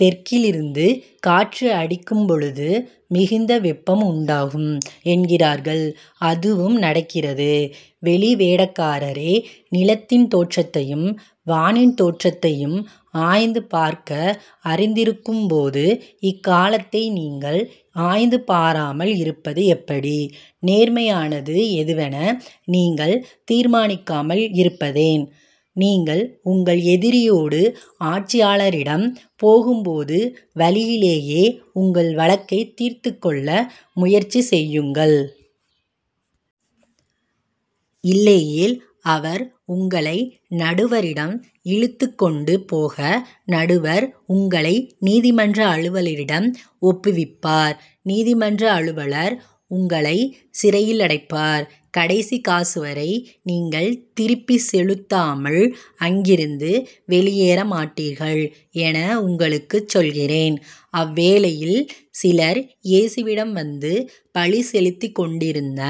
தெற்கிலிருந்து காற்று அடிக்கும்பொழுது மிகுந்த வெப்பம் உண்டாகும் என்கிறீர்கள். அதுவும் நடக்கிறது. வெளிவேடக்காரரே நிலத்தின் தோற்றத்தையும் வானின் தோற்றத்தையும் ஆய்ந்து பார்க்க அறிந்திருக்கும்போது இக்காலத்தை நீங்கள் ஆய்ந்து பாராமல் இருப்பது எப்படி? நேர்மையானது எதுவென நீங்கள் தீர்மானிக்காமல் இருப்பதேன்? நீங்கள் உங்கள் எதிரியோடு ஆட்சியாளரிடம் போகும்போது வழியிலேயே உங்கள் வழக்கைத் தீர்த்துக் கொள்ள முயற்சி செய்யுங்கள். இல்லையேல் அவர் உங்களை நடுவரிடம் இழுத்துக்கொண்டு போக நடுவர் உங்களை நீதிமன்ற அலுவலரிடம் ஒப்புவிப்பார் நீதிமன்ற அலுவலர் உங்களைச் சிறையிலடைப்பார். கடைசிக் காசுவரை நீங்கள் திருப்பிச் செலுத்தாமல் அங்கிருந்து வெளியேறமாட்டீர்கள் என உங்களுக்குச் சொல்கிறேன். அவ்வேளையில் சிலர் இயேசுவிடம் வந்து பலி செலுத்திக் கொண்டிருந்த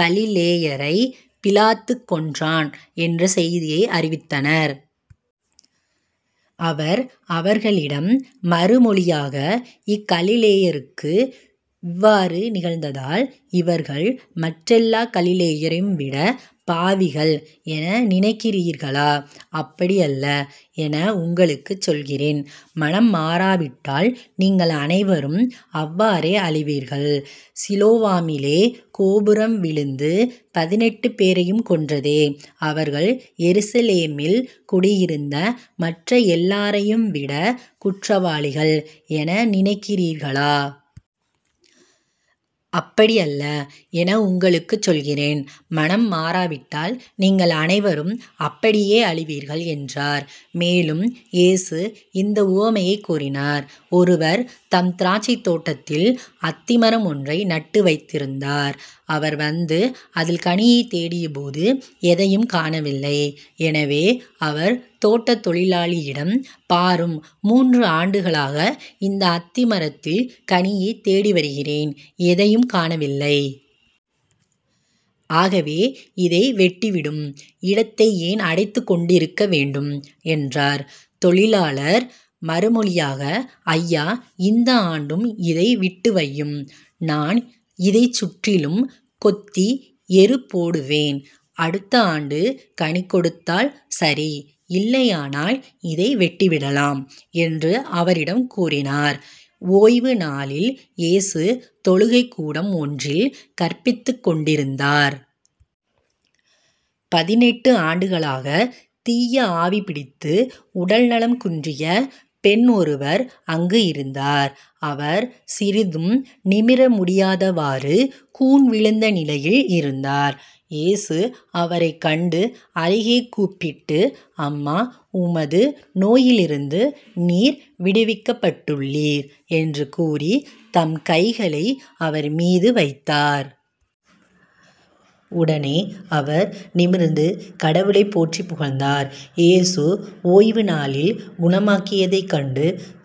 கலிலேயரைப் பிலாத்து கொன்றான் என்ற செய்தியை அறிவித்தனர். அவர் அவர்களிடம் மறுமொழியாக இக்கலிலேயருக்கு இவ்வாறு நிகழ்ந்ததால் இவர்கள் மற்றெல்லாக் கலிலேயரையும் விடப் பாவிகள் என நினைக்கிறீர்களா? அப்படி அல்ல என உங்களுக்குச் சொல்கிறேன். மனம் மாறாவிட்டால் நீங்கள் அனைவரும் அவ்வாறே அழிவீர்கள். சீலோவாமிலே கோபுரம் விழுந்து பதினெட்டுப்பேரைக் கொன்றதே. அவர்கள் எருசலேமில் குடியிருந்த மற்ற எல்லாரையும்விடக் குற்றவாளிகள் என நினைக்கிறீர்களா? அப்படி அல்ல என உங்களுக்குச் சொல்கிறேன். மனம் மாறாவிட்டால் நீங்கள் அனைவரும் அப்படியே அழிவீர்கள் என்றார். மேலும் இயேசு இந்த உவமையைக் கூறினார் ஒருவர் தம் திராட்சைத் தோட்டத்தில் அத்திமரம் ஒன்றை நட்டு வைத்திருந்தார். அவர் வந்து அதில் கனியைத் தேடியபோது எதையும் காணவில்லை. எனவே அவர் தோட்டத் தொழிலாளிடம் பாரும் மூன்று ஆண்டுகளாக இந்த அத்தி மரத்தில் கனியைத் தேடி வருகிறேன் எதையும் காணவில்லை. ஆகவே இதை வெட்டிவிடும். இடத்தை ஏன் அடைத்துக்கொண்டிருக்க வேண்டும்? என்றார். தொழிலாளர் மறுமொழியாக ஐயா இந்த ஆண்டும் இதை விட்டுவையும் நான் இதைச் சுற்றிலும் கொத்தி எருபோடுவேன். அடுத்த ஆண்டு கனி கொடுத்தால் சரி இல்லையானால் இதை வெட்டிவிடலாம் என்று அவரிடம் கூறினார். ஓய்வுநாளில் இயேசு தொழுகைக்கூடம் ஒன்றில் கற்பித்துக்கொண்டிருந்தார். பதினெட்டு ஆண்டுகளாகத் தீய ஆவி பிடித்து உடல்நலம் குன்றிய பெண் ஒருவர் அங்கு இருந்தார். அவர் சிறிதும் நிமிர முடியாதவாறு கூன் விழுந்த நிலையில் இருந்தார். இயேசு அவரைக் கண்டு அருகே கூப்பிட்டு அம்மா உமது நோயிலிருந்து நீர் விடுவிக்கப்பட்டுள்ளீர் என்று கூறி தம் கைகளை அவர் மீது வைத்தார். உடனே அவர் நிமிர்ந்து கடவுளைப் போற்றிப் புகழ்ந்தார். இயேசு ஓய்வுநாளில் குணமாக்கியதைக் கண்ட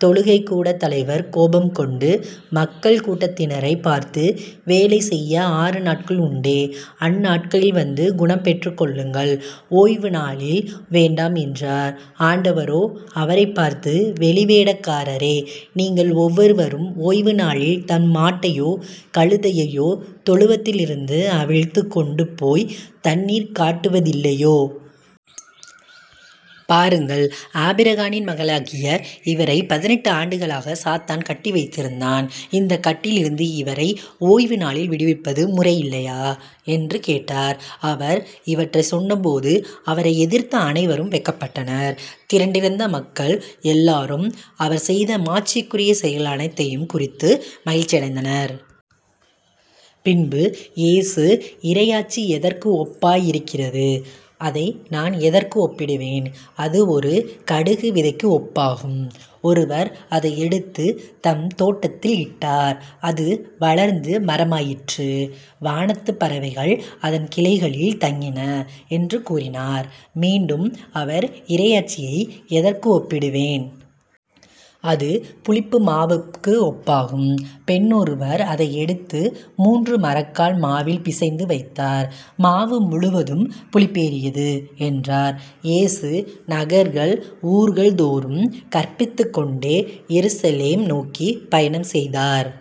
தொழுகைக்கூடத் தலைவர் கோபம்கொண்டு மக்கள் கூட்டத்தினரைப் பார்த்து வேலை செய்ய ஆறு நாள்கள் உண்டே அந்நாள்களில் வந்து குணம் பெற்றுக்கொள்ளுங்கள் ஓய்வுநாளில் வேண்டாம் என்றார். ஆண்டவரோ அவரைப் பார்த்து வெளிவேடக்காரரே நீங்கள் ஒவ்வொருவரும் ஓய்வுநாளில் தம் மாட்டையோ கழுதையையோ தொழுவத்திலிருந்து அவிழ்த்துக் கொண்டு போய்த் தண்ணீர் காட்டுவதில்லையோ? பாருங்கள் ஆபிரகாமின் மகளாகிய இவரைப் பதினெட்டு ஆண்டுகளாகச் சாத்தான் கட்டி வைத்திருந்தான். இந்தக் கட்டிலிருந்து இவரை ஓய்வுநாளில் விடுவிப்பது முறையில்லையா? என்று கேட்டார். அவர் இவற்றைச் சொன்னபோது அவரை எதிர்த்த அனைவரும் வெட்கப்பட்டனர். திரண்டிருந்த மக்கள் எல்லாரும் அவர் செய்த மாட்சிக்குரிய செயல்கள் அனைத்தையும் குறித்து மகிழ்ச்சி அடைந்தனர். பின்பு இயேசு இறையாட்சி எதற்கு ஒப்பாயிருக்கிறது? அதை நான் எதற்கு ஒப்பிடுவேன்? அது ஒரு கடுகு விதைக்கு ஒப்பாகும். ஒருவர் அதை எடுத்துத் தம் தோட்டத்தில் இட்டார். அது வளர்ந்து மரமாயிற்று. வானத்துப் பறவைகள் அதன் கிளைகளில் தங்கின என்று கூறினார். மீண்டும் அவர் இறையாட்சியை எதற்கு ஒப்பிடுவேன்? அது புளிப்புமாவுக்கு ஒப்பாகும். பெண் ஒருவர் அதை எடுத்து மூன்று மரக்கால் மாவில் பிசைந்து வைத்தார். மாவு முழுவதும் புளிப்பேறியது என்றார். இயேசு நகர்கள் ஊர்கள் தோறும் கற்பித்துக்கொண்டே எருசலேம் நோக்கிப் பயணம் செய்தார்.